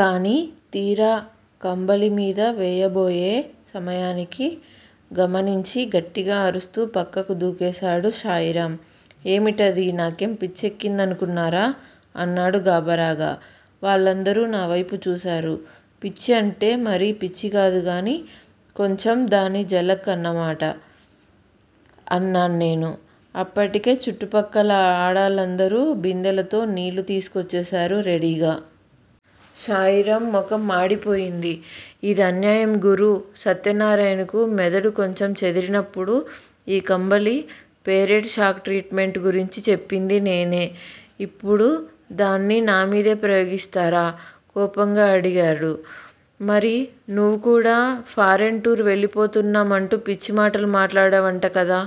కానీ తీరా కంబళి మీద వేయబోయే సమయానికి గమనించి గట్టిగా అరుస్తూ పక్కకు దూకేశాడు శాయిరామ్. ఏమిటది? నాకేం పిచ్చెక్కిందనుకున్నారా? అన్నాడు గాబరాగా. వాళ్ళందరూ నావైపు చూశారు. పిచ్చి అంటే మరీ పిచ్చికాదు గానీ, కొంచెం దాని జలక్ అన్నమాట! అన్నాన్ నేను. అప్పటికే చుట్టుపక్కల ఆడాళ్ళందరూ బిందెలతో నీళ్ళు తీసుకొచ్చేశారు రెడీగా. శాయిరామ్ మొఖం మాడిపోయింది. ఇది అన్యాయం గురూ! సత్యన్నారాయణకు మెదడు కొంచెం చెదిరినప్పుడు ఈ కంబళి పేరెడ్ షాక్ ట్రీట్ మెంట్ గురించి చెప్పింది నేనే! ఇప్పుడు దాన్ని నా మీదే ప్రయోగిస్తారా? కోపంగా అడిగారు. మరి నువ్ కూడా ఫారిన్ టూర్ వెళ్ళిపోతున్నాం అంటూ పిచ్చి మాటలు మాట్లాడావంట కదా?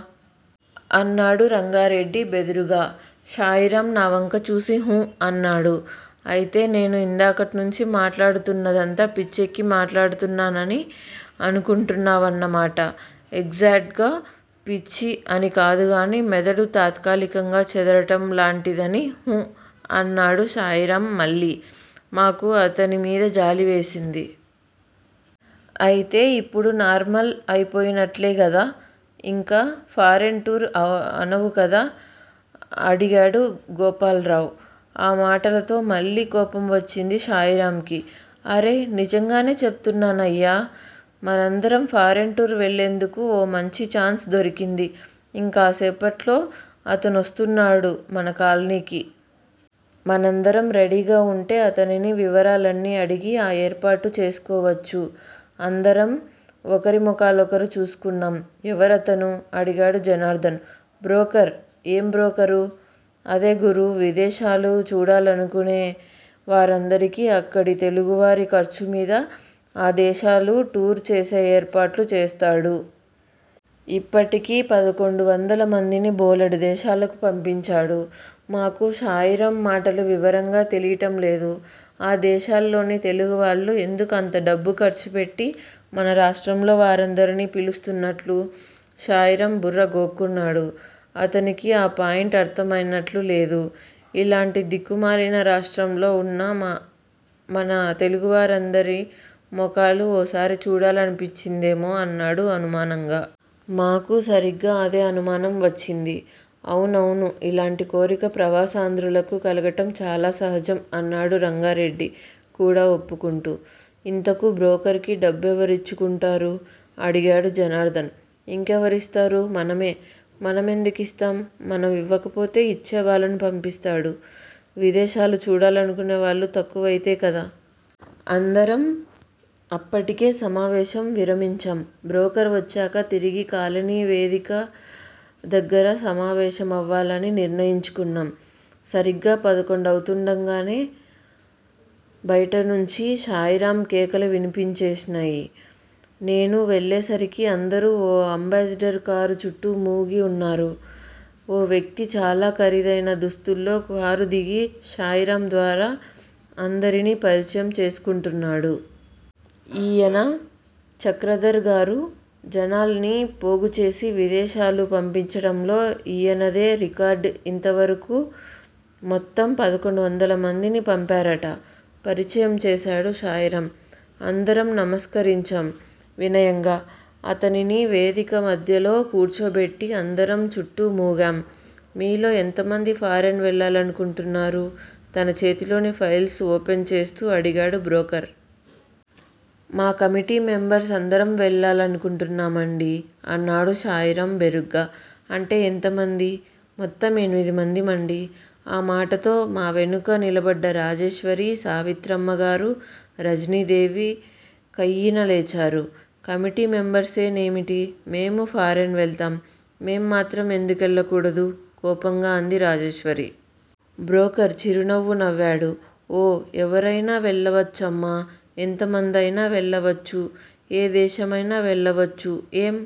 అన్నాడు రంగారెడ్డి బెదురుగా. శాయిరామ్ నావంక చూసి హు! అన్నాడు. అయితే నేను ఇందాకట్నుంచీ మాట్లాడుతున్నదంతా పిచ్చెక్కి మాట్లాడుతున్నానని అనుకుంటున్నావన్నమాట ఎగ్జాట్ గా పిచ్చి అని కాదు గానీ మెదడు తాత్కాలికంగా చెదరటం లాంటిదని హు! అన్నాడు శాయిరామ్ మళ్ళీ. మాకు అతని మీద జాలివేసింది. అయితే ఇప్పుడు నార్మల్ అయిపోయినట్లే గదా! ఇంక 'ఫారిన్ టూర్' అనవు కదా! అడిగాడు గోపాల్రావ్. ఆ మాటలతో మళ్ళీ కోపం వచ్చింది శాయిరామ్ కి. అరె! నిజంగానే చెప్తున్నా నయ్యా! మనందరం ఫారిన్ టూర్ వెళ్ళేందుకు ఓ మాంచి ఛాన్స్ దొరికింది. ఇంకాసేపట్లో అతనొస్తున్నాడు మన కాలనీకి! మనందరం రెడీగా ఉంటే అతనిని వివరాలన్నీ అడిగి ఆ ఏర్పాటు చేసుకోవచ్చు. అందరం ఒకరి మొఖాలొకరు చూసుకున్నాం. ఎవరతను? అడిగాడు జనార్ధన్. బ్రోకర్ ఏం బ్రోకరు? అదే గురూ! విదేశాలు చూడాలనుకునే వారందరికీ అక్కడి తెలుగువారి ఖర్చుమీద ఆ దేశాలు టూర్ చేసే ఏర్పాట్లు చేస్తాడు. ఇప్పటికి పదకొండు వందల మందిని బోలెడు దేశాలకు పంపించాడు. మాకు శాయిరామ్ మాటలు వివరంగా తెలీయటం లేదు. ఆ దేశాల్లోని తెలుగువాళ్లు ఎందుకు అంత డబ్బు ఖర్చుపెట్టి మన రాష్ట్రంలో వారందరినీ పిలిస్తున్నట్లు? శాయిరామ్ బుర్ర గోక్కున్నాడు. అతనికి ఆ పాయింట్ అర్ధమయినట్లులేదు. ఇలాంటి దిక్కుమాలిన రాష్ట్రంలో ఉన్న మ మన తెలుగువాళ్ళందరి మొఖాలు ఓసారి చూడాలనిపిచ్చిందేమో అన్నాడు అనుమానంగా. మాకూ సరిగ్గా అదే అనుమానం వచ్చింది. అవునవును! ఇలాంటి కోరిక ప్రవాసాంధ్రులకు కలగటం చాలా సహజం అన్నాడు రంగారెడ్డి కూడా వప్పుకుంటూ. ఇంతకూ బ్రోకర్ కి డబ్బెవరిచ్చు కుంటారు? అడిగాడు జనార్ధన్. ఇంకెవరిస్తారు? మనమే! మన మెందుకిస్తాం? మనం ఇవ్వకపోతే ఇచ్చేవాళ్ళను పంపిస్తాడు. విదేశాలు చూడాలనుకునే వాళ్ళు తక్కువయితే కదా! అందరం అప్పటికే సమావేశం విరమించాం. బ్రోకర్ వచ్చాక తిరిగి కాలనీ వేదిక దగ్గర సమావేశమవాలని నిర్ణయించుకున్నాం. సరిగ్గా పదకొండవుతుండంగానే బయటనుంచి శాయిరామ్ కేకలు వినిపించేసినయ్. నేను వెళ్ళేసరికే అందరూ ఓ అంబాసిడర్ కారు చుట్టూ మూగి ఉన్నారు. ఓ వ్యక్తి చాలా ఖరీదయిన దుస్తుల్లో కారు దిగి శాయిరామ్ ద్వారా అందరినీ పరిచయం చేసుకుంటున్నాడు. ఈయన చక్రధర్ గారు! జనాల్ని పోగుచేసి విదేశాలు పంపించటంలో ఈయనదే రికార్డ్ ఇంతవరకూ మొత్తం పదకొండొందల మందిని పంపారట పరిచయం చేశాడు శాయిరామ్. అందరం నమస్కరించాం వినయంగా. అతనిని వేదిక మధ్యలో కూర్చోబెట్టి అందరం చుట్టూ మూగాం. మీలో ఎంతమంది ఫారిన్ వెళ్ళాలనుకుంటున్నారు? తన చేతిలోని ఫైల్స్ ఓపెన్ చేస్తూ అడిగాడు బ్రోకర్. మా కమిటీ మెంబర్స్ అందరం వెళ్ళాలనుకుంటున్నామండీ అన్నాడు శాయిరామ్ బెరుగ్గా. అంటే ఎంతమంది? మొత్తం ఎనిమిదిమందిమండీ. ఆ మాటతో మా వెనుకే నిలబడ్డ రాజేశ్వరి, సావిత్రమ్మ గారూ, రజనీదేవి కయ్యిన లేచారు. కమిటీ మెంబర్సేనేమిటి? మేమూ ఫారిన్ వెళ్తాం! మేము మాత్రం ఎందుకెళ్ళకూడదు? కోపంగా అంది రాజేశ్వరి. బ్రోకర్ చిరునవ్వు నవ్వాడు. ఓ ఎవరయినా వెళ్ళవచ్చమ్మా ఎంతమందయినా వెళ్ళవచ్చు! ఏ దేశమయినా వెళ్లవచ్చు! ఏం